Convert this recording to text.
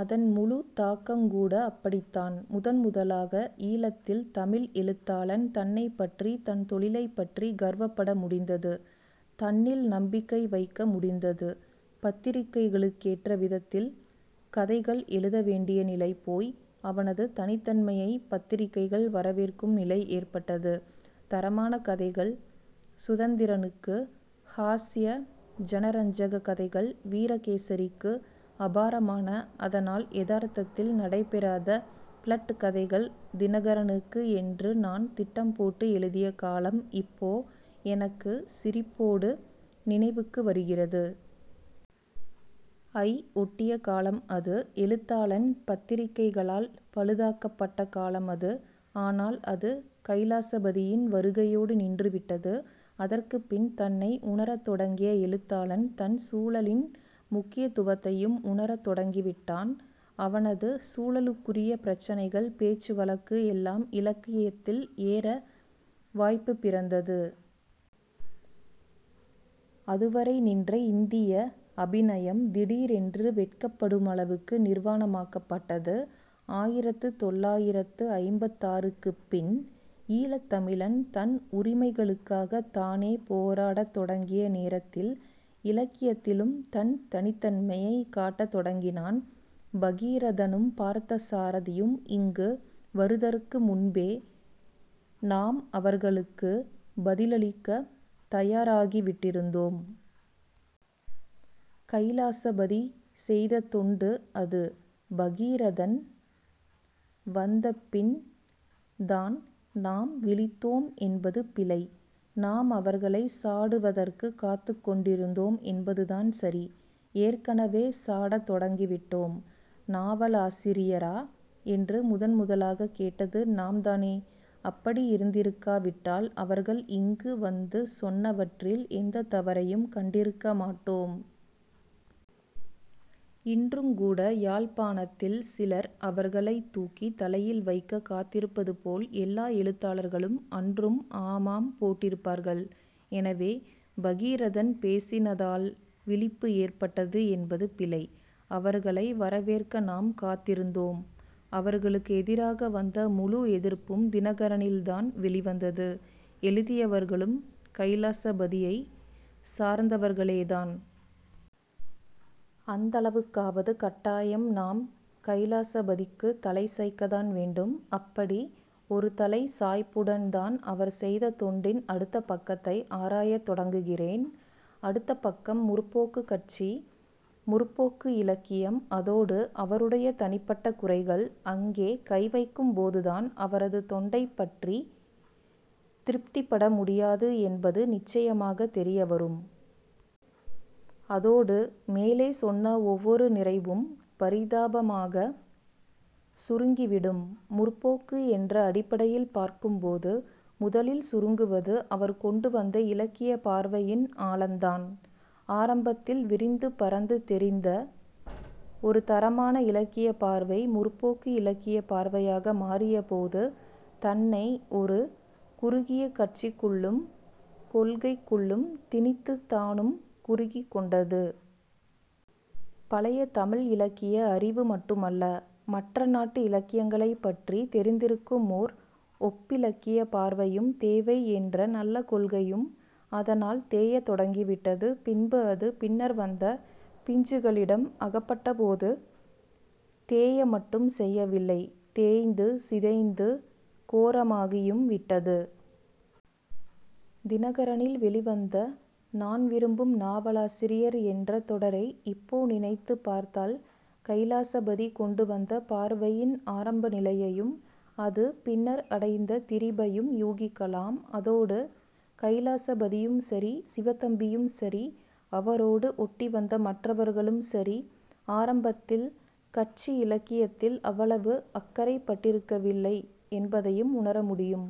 அதன் முழுத் தாக்கங்கூட அப்படித்தான். முதன் முதலாக ஈழத்தில் தமிழ் எழுத்தாளன் தன்னைப் பற்றி, தன் தொழிலைப்பற்றிக் கர்வப்பட முடிந்தது. தன்னில் நம்பிக்கை வைக்க முடிந்தது. பத்திரிகைகளுக்கேற்ற விதத்தில் கதைகள் எழுதவேண்டிய நிலை போய் அவனது தனித்தன்மையைப் பத்திரிகைகள் வரவேற்கும் நிலை ஏற்பட்டது. தரமான கதைகள் சுதந்திரனுக்கு, ஹாஸ்ய ஜனரஞ்சகக் கதைகள் 'வீரகேசரி'க்கு, அபாரமான, அதனால் யதார்த்தத்தில் நடைபெறாத 'ப்ளட்' கதைகள் 'தினகரனு'க்கு என்று நான் திட்டம் போட்டு எழுதிய காலம் இப்போ எனக்குச் சிரிப்போடு நினைவுக்கு வருகிறது. ஐ ஒட்டிய காலம் அது. எழுத்தாளன் பத்திரிகைகளால் பழுதாக்கப்பட்ட காலம் அது. ஆனால் அது கைலாசபதியின் வருகையோடு நின்றுவிட்டது. அதற்குப்பின் தன்னை உணரத் தொடங்கிய எழுத்தாளன் தன் சூழலின் முக்கியத்துவத்தையும் உணரத் தொடங்கிவிட்டான். அவனது சூழலுக்குரிய பிரச்சினைகள், பேச்சு வழக்கு எல்லாம் இலக்கியத்தில் ஏற வாய்ப்பு பிறந்தது. அதுவரை நின்ற இந்திய அபிநயம் திடீரென்று வெட்கப்படுமளவுக்கு நிர்வாணமாக்கப்பட்டது. ஆயிரத்து தொள்ளாயிரத்து ஐம்பத்தாறு-க்குப் பின் ஈழத் தமிழன் தன் உரிமைகளுக்காகத் தானே போராடத் தொடங்கிய நேரத்தில் இலக்கியத்திலும் தன் தனித்தன்மையைக் காட்டத் தொடங்கினான். பகீரதனும் பார்த்தசாரதியும் இங்கு வருதற்கு முன்பே நாம் அவர்களுக்குப் பதிலளிக்கத் தயாராகிவிட்டிருந்தோம். கைலாசபதி செய்த தொண்டு அது. பகீரதன் வந்தபின்தான் நாம் விழித்தோம் என்பது பிழை. நாம் அவர்களைச் சாடுவதற்குக் காத்துக் கொண்டிருந்தோம் என்பதுதான் சரி. ஏற்கனவே சாடத் தொடங்கிவிட்டோம். நாவலாசிரியரா?' என்று முதன்முதலாகக் கேட்டது நாம்தானே? அப்படி இருந்திருக்காவிட்டால் அவர்கள் இங்கு வந்து சொன்னவற்றில் எந்தத் தவறையும் கண்டிருக்க மாட்டோம். இன்றுங்கூட யாழ்ப்பாணத்தில் சிலர் அவர்களைத் தூக்கித் தலையில் வைக்கக் காத்திருப்பதுபோல் எல்லா எழுத்தாளர்களும் அன்றும் ஆமாம் போட்டிருப்பார்கள். எனவே, பகீரதன் பேசினதால் விழிப்பு ஏற்பட்டது என்பது பிழை. அவர்களை 'வரவேற்க' நாம் காத்திருந்தோம். அவர்களுக்கு எதிராக வந்த முழு எதிர்ப்பும் 'தினகரனி'ல் தான் வெளிவந்தது. எழுதியவர்களும் கைலாசபதியைச் சார்ந்தவர்களேதான். அந்தளவுக்காவது கட்டாயம் நாம் கைலாசபதிக்குத் தலை சாய்க்கத்தான் வேண்டும். அப்படி ஒரு தலை சாய்ப்புடன்தான் அவர் செய்த தொண்டின் அடுத்த பக்கத்தை ஆராயத் தொடங்குகிறேன். அடுத்த பக்கம் 'முற்போக்கு'க் கட்சி, 'முற்போக்கு' இலக்கியம், அதோடு அவருடைய தனிப்பட்ட குறைகள். அங்கே கைவைக்கும்போதுதான் அவரது தொண்டைப் பற்றித் திருப்திப்படமுடியாது என்பது நிச்சயமாகத் தெரியவரும். அதோடு மேலே சொன்ன ஒவ்வொரு நிறைவும் பரிதாபமாகச் சுருங்கிவிடும். 'முற்போக்கு' என்ற அடிப்படையில் பார்க்கும்போது முதலில் சுருங்குவது அவர் கொண்டுவந்த இலக்கியப் பார்வையின் ஆழந்தான். ஆரம்பத்தில் விரிந்து பரந்து தெரிந்த ஒரு தரமான இலக்கியப் பார்வை 'முற்போக்கு' இலக்கியப் பார்வையாக மாறியபோது தன்னை ஒரு குறுகிய கட்சிக்குள்ளும் கொள்கைக்குள்ளும் திணித்துத் தானும் குறுகிக்கொண்டது. பழைய தமிழ் இலக்கிய அறிவு மட்டுமல்ல மற்ற நாட்டு இலக்கியங்களைப் பற்றித் தெரிந்திருக்கும் ஓர் ஒப்பிலக்கியப் பார்வையும் தேவை என்ற நல்ல கொள்கையும் அதனால் தேயத் தொடங்கிவிட்டது. பின்பு, அது பின்னர் வந்த பிஞ்சுகளிடம் அகப்பட்டபோது தேய மட்டும் செய்யவில்லை, தேய்ந்து சிதைந்து கோரமாகியும் விட்டது. 'தினகரனி'ல் வெளிவந்த 'நான் விரும்பும் நாவலாசிரியர்' என்ற தொடரை இப்போ நினைத்துப் பார்த்தால் கைலாசபதி கொண்டுவந்த பார்வையின் ஆரம்ப நிலையையும் அது பின்னர் அடைந்த திரிபையும் யூகிக்கலாம். அதோடு, கைலாசபதியும் சரி, சிவத்தம்பியும் சரி, அவரோடு ஒட்டிவந்த மற்றவர்களும் சரி, ஆரம்பத்தில் கட்சி இலக்கியத்தில் அவ்வளவு அக்கறைப்பட்டிருக்கவில்லை என்பதையும் உணர முடியும்.